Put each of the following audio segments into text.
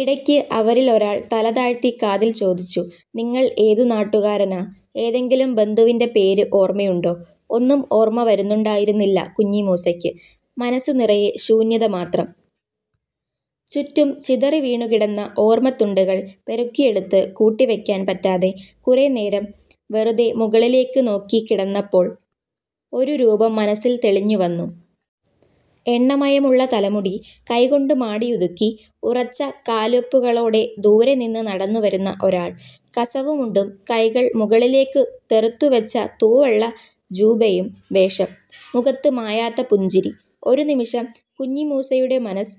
ഇടയ്ക്ക് അവരില് ഒരാള് തലതാഴ്ത്തി കാതില് ചോദിച്ചു:''നിങ്ങള് ഏതു നാട്ടുകാരനാ. ഏതെങ്കിലും ബന്ധുവിന്റെ പേര് ഓര്മ്മയുണ്ടോ. '' ഒന്നും ഓര്മ്മ വരുന്നുണ്ടായിരുന്നില്ല കുഞ്ഞിമൂസയ്ക്ക്. മനസ്സ് നിറയെ ശൂന്യത മാത്രം. ചുറ്റും ചിതറിവീണുകിടന്ന ഓര്മ്മത്തുണ്ടുകള് പെറുക്കിയെടുത്തു കൂട്ടിവെക്കാന് പറ്റാതെ കുറെ നേരം വെറുതെ മുകളിലേക്ക് നോക്കിക്കിടന്നപ്പോള് ഒരു രൂപം മനസ്സില് തെളിഞ്ഞുവന്നു. എണ്ണമയമുള്ള തലമുടി കൈകൊണ്ടു മാടിയൊതുക്കി ഉറച്ച കാല്വെപ്പുകളോടെ ദൂരെ നിന്ന് നടന്നു വരുന്ന ഒരാള്. കസവു മുണ്ടും കൈകള് മുകളിലേക്ക് തെറുത്തുവച്ച തൂവെള്ള ജൂബയും വേഷം. മുഖത്ത് മായാത്ത പുഞ്ചിരി. ഒരു നിമിഷം കുഞ്ഞിമൂസയുടെ മനസ്സ്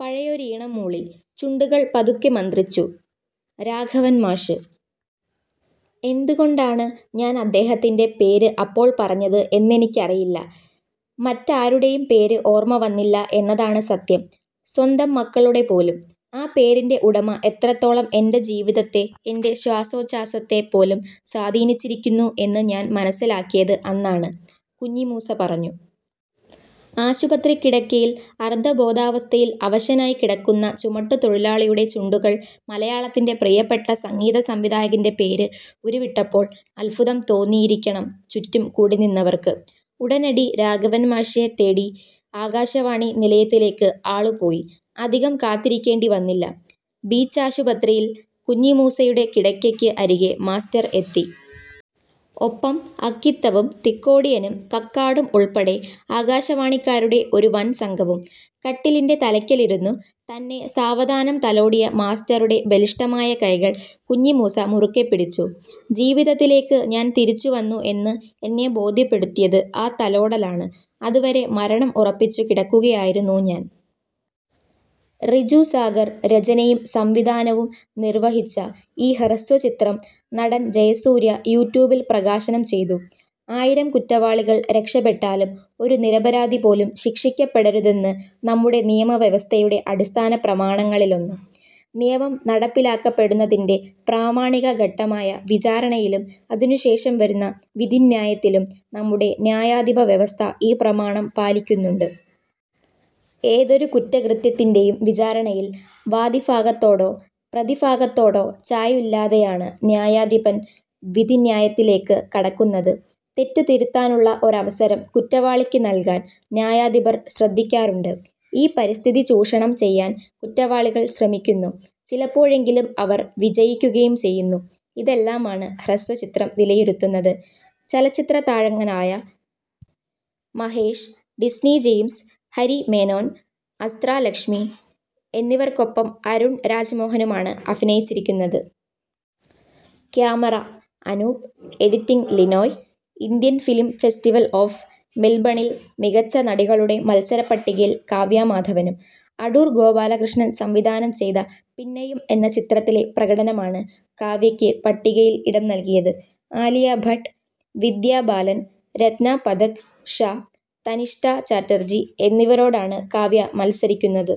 പഴയൊരീണം മൂളി. ചുണ്ടുകള് പതുക്കെ മന്ത്രിച്ചു രാഘവന് മാഷ്. ''എന്ത് കൊണ്ടാണ് ഞാന് അദ്ദേഹത്തിന്റെ പേര് അപ്പോള് പറഞ്ഞത് എന്നെനിക്കറിയില്ല. മറ്റാരുടെയും പേര് ഓര്മ്മ വന്നില്ല എന്നതാണ് സത്യം സ്വന്തം മക്കളുടെ പോലും. ആ പേരിന്റെ ഉടമ എത്രത്തോളം എന്റെ ജീവിതത്തെ, എന്റെ ശ്വാസോഛ്വാസത്തെ പോലും സ്വാധീനിച്ചിരിക്കുന്നു എന്ന് ഞാന് മനസ്സിലാക്കിയത് അന്നാണ്. '' കുഞ്ഞിമൂസ പറഞ്ഞു. ആശുപത്രിക്കിടക്കയില് അര്ദ്ധബോധാവസ്ഥയില് അവശനായി കിടക്കുന്ന ചുമട്ടു തൊഴിലാളിയുടെ ചുണ്ടുകള് മലയാളത്തിന്റെ പ്രിയപ്പെട്ട സംഗീത സംവിധായകന്റെ പേര് ഉരുവിട്ടപ്പോള് അത്ഭുതം തോന്നിയിരിക്കണം ചുറ്റും കൂടിനിന്നവര്ക്ക്. ഉടനടി രാഘവന് മാഷെ തേടി ആകാശവാണി നിലയത്തിലേക്ക് ആളു പോയി. അധികം കാത്തിരിക്കേണ്ടി വന്നില്ല. ബീച്ചാശുപത്രിയില് കുഞ്ഞിമൂസയുടെ കിടക്കയ്ക്ക് അരികെ മാസ്റ്റര് എത്തി. ഒപ്പം അക്കിത്തവും തിക്കോടിയനും കക്കാടും ഉള്പ്പെടെ ആകാശവാണിക്കാരുടെ ഒരു വന് സംഘവും. കട്ടിലിന്റെ തലയ്ക്കലിരുന്നു തന്നെ സാവധാനം തലോടിയ മാസ്റ്ററുടെ ബലിഷ്ടമായ കൈകള് കുഞ്ഞിമൂസ മുറുക്കെ പിടിച്ചു. ''ജീവിതത്തിലേക്ക് ഞാന് തിരിച്ചു വന്നു എന്ന് എന്നെ ബോധ്യപ്പെടുത്തിയത് ആ തലോടലാണ്. അതുവരെ മരണം ഉറപ്പിച്ചു കിടക്കുകയായിരുന്നു ഞാന്. റിജു സാഗര് രചനയും സംവിധാനവും നിര്വഹിച്ച ഈ ഹ്രസ്വചിത്രം നടന് ജയസൂര്യ യൂട്യൂബില് പ്രകാശനം ചെയ്തു. ആയിരം കുറ്റവാളികള് രക്ഷപ്പെട്ടാലും ഒരു നിരപരാധി പോലും ശിക്ഷിക്കപ്പെടരുതെന്നത് നമ്മുടെ നിയമ വ്യവസ്ഥയുടെ അടിസ്ഥാന പ്രമാണങ്ങളിലൊന്ന്. നിയമം നടപ്പിലാക്കപ്പെടുന്നതിന്റെ പ്രാമാണിക ഘട്ടമായ വിചാരണയിലും അതിനുശേഷം വരുന്ന വിധിന്യായത്തിലും നമ്മുടെ ന്യായാധിപ വ്യവസ്ഥ ഈ പ്രമാണം പാലിക്കുന്നുണ്ട്. ഏതൊരു കുറ്റകൃത്യത്തിന്റെയും വിചാരണയിൽ വാദിഭാഗത്തോടോ പ്രതിഭാഗത്തോടോ ചായ്വില്ലാതെയാണ് ന്യായാധിപന് വിധിന്യായത്തിലേക്ക് കടക്കുന്നത്. തെറ്റ് തിരുത്താനുള്ള ഒരവസരം കുറ്റവാളിക്ക് നല്കാന് ന്യായാധിപര് ശ്രദ്ധിക്കാറുണ്ട്. ഈ പരിതസ്ഥിതി ചൂഷണം ചെയ്യാന് കുറ്റവാളികൾ ശ്രമിക്കുന്നു. ചിലപ്പോഴെങ്കിലും അവര് വിജയിക്കുകയും ചെയ്യുന്നു. ഇതെല്ലാമാണ് ഹ്രസ്വചിത്രം വിലയിരുത്തുന്നത്. ചലച്ചിത്രതാരങ്ങളായ Mahesh, Disney James, Hari Menon, Astra Lakshmi, എന്നിവര്ക്കൊപ്പം Arun രാജ്മോഹനുമാണ് അഭിനയിച്ചിരിക്കുന്നത്. ക്യാമറ:അനൂപ്, എഡിറ്റിങ്:ലിനോയ്. Indian film festival of മെല്ബണില് മികച്ച നടികളുടെ മത്സര പട്ടികയില് കാവ്യ മാധവനും. അടൂര് ഗോപാലകൃഷ്ണന് സംവിധാനം ചെയ്ത പിന്നെയും എന്ന ചിത്രത്തിലെ പ്രകടനമാണ് കാവ്യയ്ക്ക് പട്ടികയില് ഇടം നല്കിയത്. ആലിയ ഭട്ട്, വിദ്യാ ബാലന്, റത്ന പഥക് ഷാ, തനിഷ്ഠ ചാറ്റര്ജി എന്നിവരോടാണ് കാവ്യ മത്സരിക്കുന്നത്.